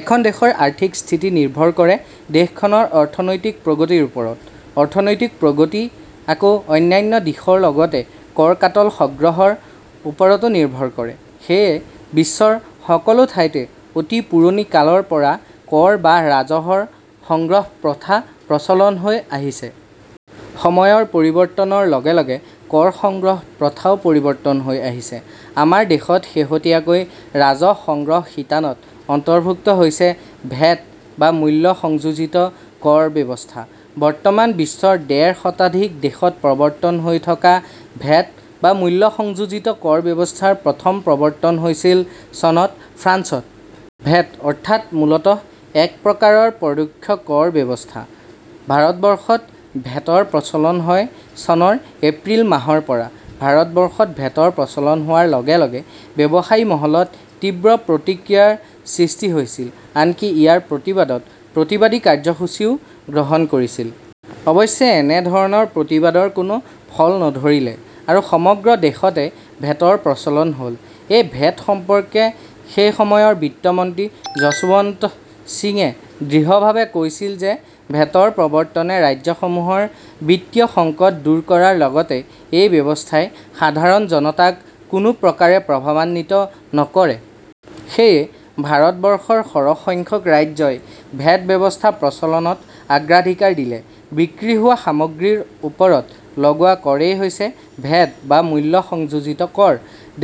এখন দেশৰ আৰ্থিক স্থিতি নিৰ্ভৰ কৰে দেশখনৰ অৰ্থনৈতিক প্ৰগতিৰ ওপৰত। অৰ্থনৈতিক প্ৰগতি আকৌ অন্যান্য দিশৰ লগতে কৰ-কাটল সগ্ৰহৰ ওপৰতো নিৰ্ভৰ কৰে। সেয়ে বিশ্বৰ সকলো ঠাইতে অতি পুৰণি কালৰ পৰা কৰ বা ৰাজহৰ সংগ্ৰহ প্ৰথা প্ৰচলন হৈ আহিছে। সময়ৰ পৰিৱৰ্তনৰ লগে লগে কৰ সংগ্ৰহ প্ৰথাও পৰিৱৰ্তন হৈ আহিছে। আমাৰ দেশত শেহতীয়াকৈ ৰাজহ সংগ্ৰহ শিতানত অন্তৰ্ভুক্ত হৈছে ভেট বা মূল্য সংযোজিত কৰ ব্যৱস্থা। বৰ্তমান বিশ্বৰ ডেৰ শতাধিক দেশত প্ৰৱৰ্তন হৈ থকা ভেট বা মূল্য সংযোজিত কৰ ব্যৱস্থাৰ প্ৰথম প্ৰৱৰ্তন হৈছিল চনত ফ্ৰান্সত। ভেট অৰ্থাৎ মূলতঃ একপ্ৰকাৰৰ পৰোক্ষ কৰ ব্যৱস্থা। ভাৰতবৰ্ষত ভেটৰ প্ৰচলন হয় চনৰ এপ্ৰিল মাহৰ পৰা। ভাৰতবৰ্ষত ভেটৰ প্ৰচলন হোৱাৰ লগে লগে ব্যৱসায়ী মহলত তীব্ৰ প্ৰতিক্ৰিয়াৰ সৃষ্টি হৈছিল৷ আনকি ইয়াৰ প্ৰতিবাদত প্ৰতিবাদী কাৰ্যসূচীও গ্ৰহণ কৰিছিল। অৱশ্যে এনেধৰণৰ প্ৰতিবাদৰ কোনো ফল নধৰিলে আৰু সমগ্ৰ দেশতে ভেটৰ প্ৰচলন হ'ল। এই ভেট সম্পৰ্কে সেই সময়ৰ বিত্তমন্ত্ৰী যশোৱন্ত সিঙে দৃঢ়ভাৱে কৈছিল যে ভেটৰ প্ৰৱৰ্তনে ৰাজ্যসমূহৰ বিত্তীয় সংকট দূৰ কৰাৰ লগতে এই ব্যৱস্থাই সাধাৰণ জনতাক কোনোপ্ৰকাৰে প্ৰভাৱান্বিত নকৰে। সেয়ে ভাৰতবৰ্ষৰ সৰহসংখ্যক ৰাজ্যই ভেট ব্যৱস্থা প্ৰচলনত অগ্ৰাধিকাৰ দিলে। বিক্ৰী হোৱা সামগ্ৰীৰ ওপৰত লগোৱা কৰেই হৈছে ভেট বা মূল্য সংযোজিত কৰ।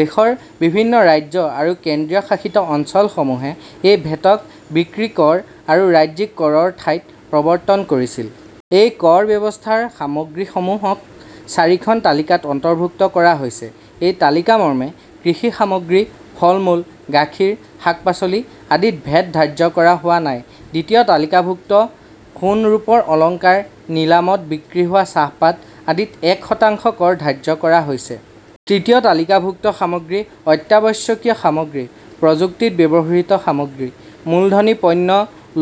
দেশৰ বিভিন্ন ৰাজ্য আৰু কেন্দ্ৰীয়শাসিত অঞ্চলসমূহে এই ভেটক বিক্ৰী কৰ আৰু ৰাজ্যিক কৰৰ ঠাইত প্ৰৱৰ্তন কৰিছিল। এই কৰ ব্যৱস্থাৰ সামগ্ৰীসমূহক চাৰিখন তালিকাত অন্তৰ্ভূক্ত কৰা হৈছে। সেই তালিকামৰ্মে কৃষি সামগ্ৰী, ফলমূল, গাখীৰ, শাক-পাচলি আদিত ভেট ধাৰ্য কৰা হোৱা নাই। দ্বিতীয় তালিকাভুক্ত সোণ-ৰূপৰ অলংকাৰ, নিলামত বিক্ৰী হোৱা চাহপাত আদিত এক শতাংশ কৰ ধাৰ্য কৰা হৈছে। তৃতীয় তালিকাভুক্ত সামগ্ৰী- অত্যাৱশ্যকীয় সামগ্ৰী, প্ৰযুক্তিত ব্যৱহৃত সামগ্ৰী, মূলধনী পণ্য,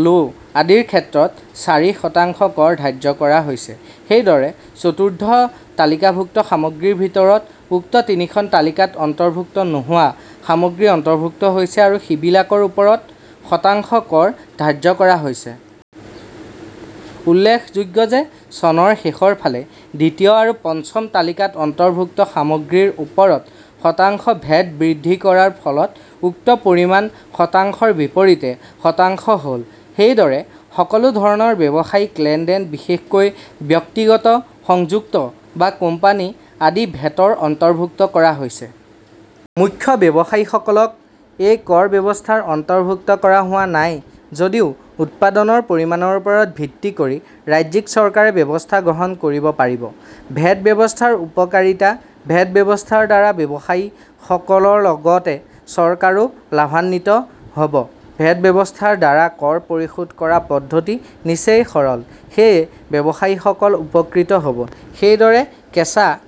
লো আদিৰ ক্ষেত্ৰত চাৰি শতাংশ কৰ ধাৰ্য কৰা হৈছে। সেইদৰে চতুৰ্থ তালিকাভুক্ত সামগ্ৰীৰ ভিতৰত উক্ত তিনিখন তালিকাত অন্তৰ্ভুক্ত নোহোৱা সামগ্ৰী অন্তৰ্ভুক্ত হৈছে আৰু সিবিলাকৰ ওপৰত শতাংশ কৰ ধাৰ্য কৰা হৈছে। উল্লেখযোগ্য যে চনৰ শেষৰফালে দ্বিতীয় আৰু পঞ্চম তালিকাত অন্তৰ্ভুক্ত সামগ্ৰীৰ ওপৰত শতাংশ ভেট বৃদ্ধি কৰাৰ ফলত উক্ত পৰিমাণ শতাংশৰ বিপৰীতে শতাংশ হ'ল। সেইদৰে সকলো ধৰণৰ ব্যৱসায়িক লেনদেন, বিশেষকৈ ব্যক্তিগত, সংযুক্ত বা কোম্পানী আদি ভেটৰ অন্তৰ্ভুক্ত কৰা হৈছে। মুখ্য বাৱসায়ীসকলক এই কৰ ব্যৱস্থাৰ অন্তৰ্ভুক্ত কৰা হোৱা নাই যদিও উৎপাদনৰ পৰিমাণৰ ওপৰত ভিত্তি কৰি ৰাজ্যিক চৰকাৰে ব্যৱস্থা গ্ৰহণ কৰিব পাৰিব। ভেট ব্যৱস্থাৰ উপকাৰিতা ভেট ব্যৱস্থাৰ দ্বাৰা ব্যৱসায়ীসকলৰ লগতে চৰকাৰো লাভাৱান্বিত হ'ব। ভেট ব্যৱস্থাৰ দ্বাৰা কৰ পৰিশোধ কৰা পদ্ধতি নিচেই সৰল, সেয়ে ব্যৱসায়ীসকল উপকৃত হ'ব। সেইদৰে কেঁচা